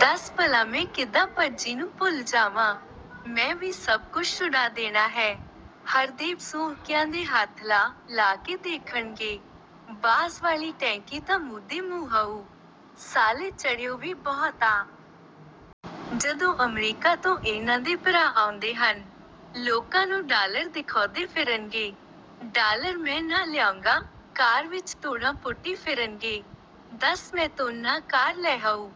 ਦੱਸ ਭਲਾ ਮੈਂ ਕਿੱਦਾਂ ਭੱਜੀ ਨੂੰ ਭੁੱਲ ਜਾਵਾਂ। ਮੈਂ ਵੀ ਸੱਭ ਕੁੱਸ਼ ਉਡਾ ਦੇਣਾ ਹੈ। ਹਰਦੇਵ ਸੁੰਹ ਕਿਆਂ ਦੇ ਹੱਥ ਲਾ-ਲਾ ਕੇ ਦੇਖਣਗੇ। ਬਾਜ਼ ਵਾਲੀ ਟੈਂਕੀ ਤਾਂ ਮੂਧੇ ਮੂੰਹ ਹਊ। ਸਾਲੇ ਚੜਿਓ ਵੀ ਬਹੁਤ ਆ। ਜਦੋਂ ਅਮਰੀਕਾ ਤੋਂ ਇਨ੍ਹਾਂ ਦੇ ਭਰਾ ਆਉਂਦੇ ਹਨ। ਲੋਕਾਂ ਨੂੰ ਡਾਲਰ ਦਿਖੌਂਦੇ ਫ਼ਿਰਨਗੇ। ਡਾਲਰ ਮੈਂ ਨਾ ਲਿਆਉਂਗਾ? ਕਾਰ ਵਿੱਚ ਧੂੜਾਂ ਪੁੱਟੀ ਫਿਰਨਗੇ। ਦੱਸ ਮੈਤੋਂ ਨਾ ਕਾਰ ਲੈ ਹਊ।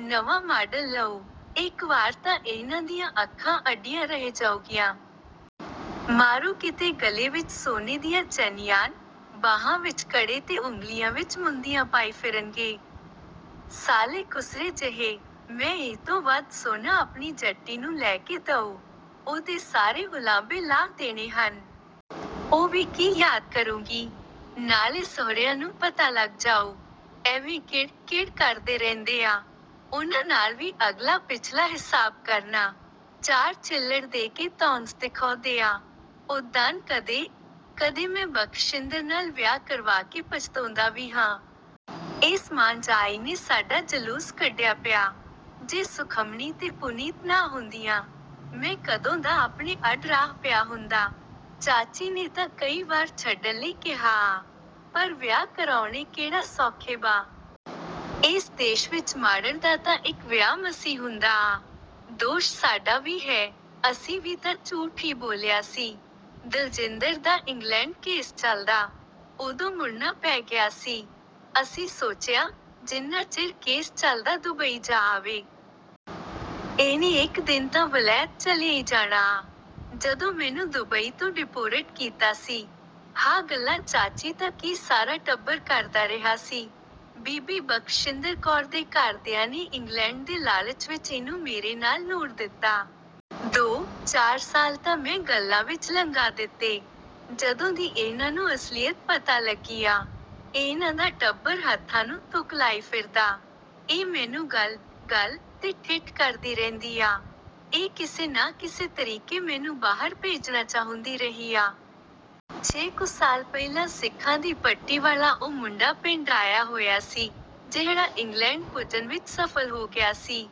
ਨਵਾਂ ਮਾਡਲ ਲਊਂ। ਇੱਕ ਵਾਰ ਤਾਂ ਇਨ੍ਹਾਂ ਦੀਆਂ ਅੱਖਾਂ ਅੱਡੀਆਂ ਰਹਿ ਜਾਊਗੀਆਂ। ਮਾਰ੍ਹ ਕਿਤੇ ਗਲੇ ਵਿੱਚ ਸੋਨੇ ਦੀਆਂ ਚੈਨੀਆਂ, ਬਾਹਾਂ ਵਿੱਚ ਕੜੇ ਤੇ ਉਂਗਲੀਆਂ ਵਿੱਚ ਮੁੰਦੀਆਂ ਪਾਈ ਫਿਰਨਗੇ। ਸਾਲੇ ਖੁਸਰੇ ਜਿਹੇ।… ਮੈਂ ਇਹਤੋਂ ਵੱਧ ਸੋਨਾ ਆਪਣੀ ਜੱਟੀ ਨੂੰ ਲੈ ਕੇ ਦਊਂ। ਉਹਦੇ ਸਾਰੇ ਉਲਾਂਭੇ ਲਾਹ ਦੇਣੇ ਹਨ। ਉਹ ਵੀ ਕੀ ਯਾਦ ਕਰੂੰਗੀ। ਨਾਲੇ ਸਹੁਰਿਆਂ ਨੂੰ ਪਤਾ ਲੱਗ ਜਾਊ। ਐਵੇਂ ਕਿੜ-ਕਿੜ ਕਰਦੇ ਰਹਿੰਦੇ ਆ। ਉਨ੍ਹਾਂ ਨਾਲ ਵੀ ਅਗਲਾ ਪਿਛਲਾ ਹਿਸਾਬ ਕਰਨਾ। ਚਾਰ ਛਿੱਲੜ ਦੇ ਕੇ ਧੌਂਸ ਦਿਖੌਂਦੇ ਆ। ਉੱਦਾਂ ਕਦੇ-ਕਦੇ ਮੈਂ ਬਖਸ਼ਿੰਦਰ ਨਾਲ ਵਿਆਹ ਕਰਵਾ ਕੇ ਪਛਤੋਂਦਾ ਵੀ ਹਾਂ। ਇਸ ਮਾਂ ਜਾਆਬ੍ਹੀ ਨੇੇ ਸਾਡਾ ਜਲੂਸ ਕੱਢਿਆ ਪਿਆ। ਜੇ ਸੁਖਮਣੀ ਤੇ ਪੁਨੀਤ ਨਾ ਹੁੰਦੀਆਂ। ਮੈਂ ਕਦੋਂ ਦਾ ਆਪਣੇ ਅੱਡ ਰਾਹ ਪਿਆ ਹੁੰਦਾ। ਚਾਚੀ ਨੇ ਤਾਂ ਕਈ ਵਾਰ ਛੱਡਣ ਲਈ ਕਿਹਾ ਆ। ਪਰ ਵਿਆਹ ਕਰਾਉੇਣੇ ਕਿਹੜਾ ਸੌਖੇ ਆ। ਇਸ ਦੇਸ਼ ਵਿੱਚ ਮਾਤ੍ਹੜ ਦਾ ਤਾਂ ਇੱਕ ਵਿਆਹ ਮਸੀਂ ਹੁੰਦਾ ਆ। ਦੋਸ਼ ਸਾਡਾ ਵੀ ਹੈ। ਅਸੀਂ ਵੀ ਤਾਂ ਝੂਠ ਈ ਬੋਲਿਆ ਸੀ। "ਦਲਜਿੰਦਰ ਦਾ ਇੰਗਲੈਂਡ ਕੇਸ ਚਲਦਾ। ਉਦੋਂ ਮੁੜਨਾ ਪੈ ਗਿਆ ਸੀ। ਅਸੀਂ ਸੋਚਿਆ, ਜਿੰਨਾ ਚਿਰ ਕੇਸ ਚਲਦਾ ਦੁਬਈ ਜਾ ਆਵੇ। ਇਹਨੇ ਇੱਕ ਦਿਨ ਤਾਂ ਵਲੈਤ ਚਲੇ ਈ ਜਾਣਾ ਆ। " ਜਦੋਂ ਮੈਨੂੰ ਦੁਬਈ ਤੋਂ ਡਿਪੋਰਟ ਕੀਤਾ ਸੀ। ਹਾਅ ਗੱਲਾਂ ਚਾਚੀ ਤਾਂ ਕੀ ਸਾਰਾ ਟੱਬਰ ਕਰਦਾ ਰਿਹਾ ਸੀ। ਬੀਬੀ ਬਖਸ਼ਿੰਦਰ ਕੌਰ ਦੇ ਘਰ ਦਿਆਂ ਨੇ ਇੰਗਲੈਂਡ ਦੇ ਲਾਲਚ ਵਿਚ ਇਹਨੂੰ ਮੇਰੇ ਨਾਲ ਨੂੜ ਦਿੱਤਾ। ਦੋ-ਚਾਰ ਸਾਲ ਤਾਂ ਮੈਂ ਗੱਲਾਂ ਵਿੱਚ ਲੰਘਾ ਦਿੱਤੇ। ਜਦੋਂ ਦੀ ਇਨ੍ਹਾਂ ਨੂੰ ਅਸਲੀਅਤ ਪਤਾ ਲੱਗੀ ਆ। ਇਨ੍ਹਾਂ ਦਾ ਟੱਬਰ ਹੱਥਾਂ ਨੂੰ ਥੁੱਕ ਲਾਈ ਫਿਰਦਾ। ਇਹ ਮੈਨੂੰ ਗੱਲ-ਗੱਲ 'ਤੇ ਠਿੱਠ ਕਰਦੀ ਰਹਿੰਦੀ ਆ। ਇਹ ਕਿਸੇ ਨਾ ਕਿਸੇ ਤਰੀਕੇ ਮੈਨੂੰ ਬਾਹਰ ਭੇਜਣਾ ਚਾਹੁੰਦੀ ਰਹੀ ਆ। ਛੇ ਕੁ ਸਾਲ ਪਹਿਲਾਂ ਸਿੱਖਾਂ ਦੀ ਪੱਟੀ ਵਾਲਾ ਉਹ ਮੁੰਡਾ ਪਿੰਡ ਆਇਆ ਹੋਇਆ ਸੀ, ਜਿਹੜਾ ਇੰਗਲੈਂਡ ਪੁੱਜਣ ਵਿੱਚ ਸਫ਼ਲ ਹੋ ਗਿਆ ਸੀ।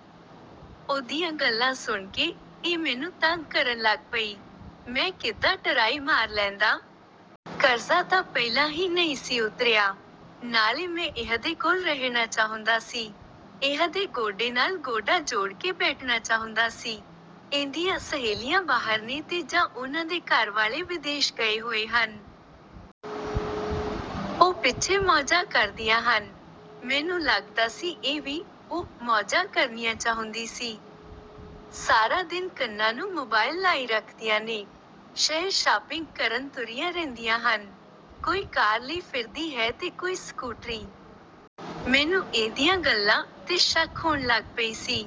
ਉਹਦੀਆਂ ਗੱਲਾਂ ਸੁਣ ਕੇ, ਇਹ ਮੈਨੂੰ ਤੰਗ ਕਰਨ ਲੱਗ ਪਈ। ਮੈਂ ਕਿੱਦਾਂ ਟਰਾਈ ਮਾਰ ਲੈਂਦਾ? ਕਰਜ਼ਾ ਤਾਂ ਪਹਿਲਾਂ ਹੀ ਨਈਂ ਸੀ ਉਤਰਿਆ। ਨਾਲੇ ਮੈਂ ਇਹਦੇ ਕੋਲ ਰਹਿਣਾ ਚਾਹੁੰਦਾ ਸੀ। ਇਹਦੇ ਗੋਡੇ ਨਾਲ ਗੋਡਾ ਜੋੜ ਕੇ ਬੈਠਣਾ ਚਾਹੁੰਦਾ ਸੀ। ਇਹਦੀਆਂ ਸਹੇਲੀਆਂ ਬਾਹਰ ਨੇ ਤੇ ਜਾਂ ਉਨ੍ਹਾਂ ਦੇ ਘਰ ਵਾਲੇ ਵਿਦੇਸ਼ ਗਏ ਹੋਏ ਹਨ। ਉਹ ਪਿੱਛੇ ਮੌਜਾਂ ਕਰਦੀਆਂ ਹਨ। ਮੈਨੂੰ ਲੱਗਦਾ ਸੀ ਇਹ ਵੀ 'ਉਹ' ਮੌਜਾਂ ਕਰਨੀਆਂ ਚਾਹੁੰਦੀ ਸੀ। ਸਾਰਾ ਦਿਨ ਕੰਨਾਂ ਨੂੰ ਮੋਬਾਇਲ ਲਾਈ ਰੱਖਦੀਆਂ ਨੇ। ਸ਼ਹਿਰ ਸ਼ਾਪਿੰਗ ਕਰਨ ਤੁਰੀਆਂ ਰਹਿੰਦੀਆਂ ਹਨ। ਕੋਈ ਕਾਰ ਲਈ ਫਿਰਦੀ ਹੈ ਤੇ ਕੋਈ ਸਕੂਟਰੀ। ਮੈਨੂੰ ਇਹਦੀਆਂ ਗੱਲਾਂ 'ਤੇ ਸ਼ੱਕ ਹੋਣ ਲੱਗ ਪਈ ਸੀ।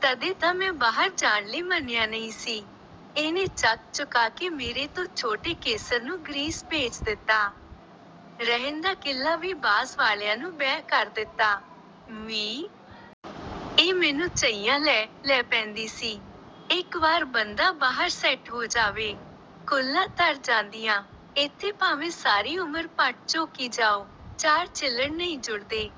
ਤਦੇ ਤਾਂ ਮੈਂ ਬਾਹਰ ਜਾਣ ਲਈ ਮੰਨਿਆ ਨਈਂ ਸੀ। ਇਹਨੇ ਚੱਕ ਚੁਕਾ ਕੇ ਮੇਰੇ ਤੋਂ ਛੋਟੇ ਕੇਸਰ ਨੂੰ ਗਰੀਸ ਭੇਜ ਦਿੱਤਾ। ਰਹਿੰਦਾ ਕਿੱਲਾ ਵੀ ਬਾਜ਼ ਵਾਲਿਆਂ ਨੂੰ ਬੈਅ ਕਰ ਦਿੱਤਾ ਸੀ। ਇਹ ਮੈਨੂੰ ਝਈਆਂ ਲੈ-ਲੈ ਪੈਂਦੀ ਸੀ। "ਇੱਕ ਵਾਰ ਬੰਦਾ ਬਾਹਰ ਸੈੱਟ ਹੋ ਜਾਵੇ। ਕੁੱਲਾਂ ਤਰ ਜਾਂਦੀਆਂ। ਇੱਥੇ ਭਾਵੇਂ ਸਾਰੀ ਉਮਰ ਭੱਠ ਝੋਕੀ ਜਾਓ, ਚਾਰ ਛਿੱਲੜ੍ਹ ਨਈਂ ਜੁੜਦੇ।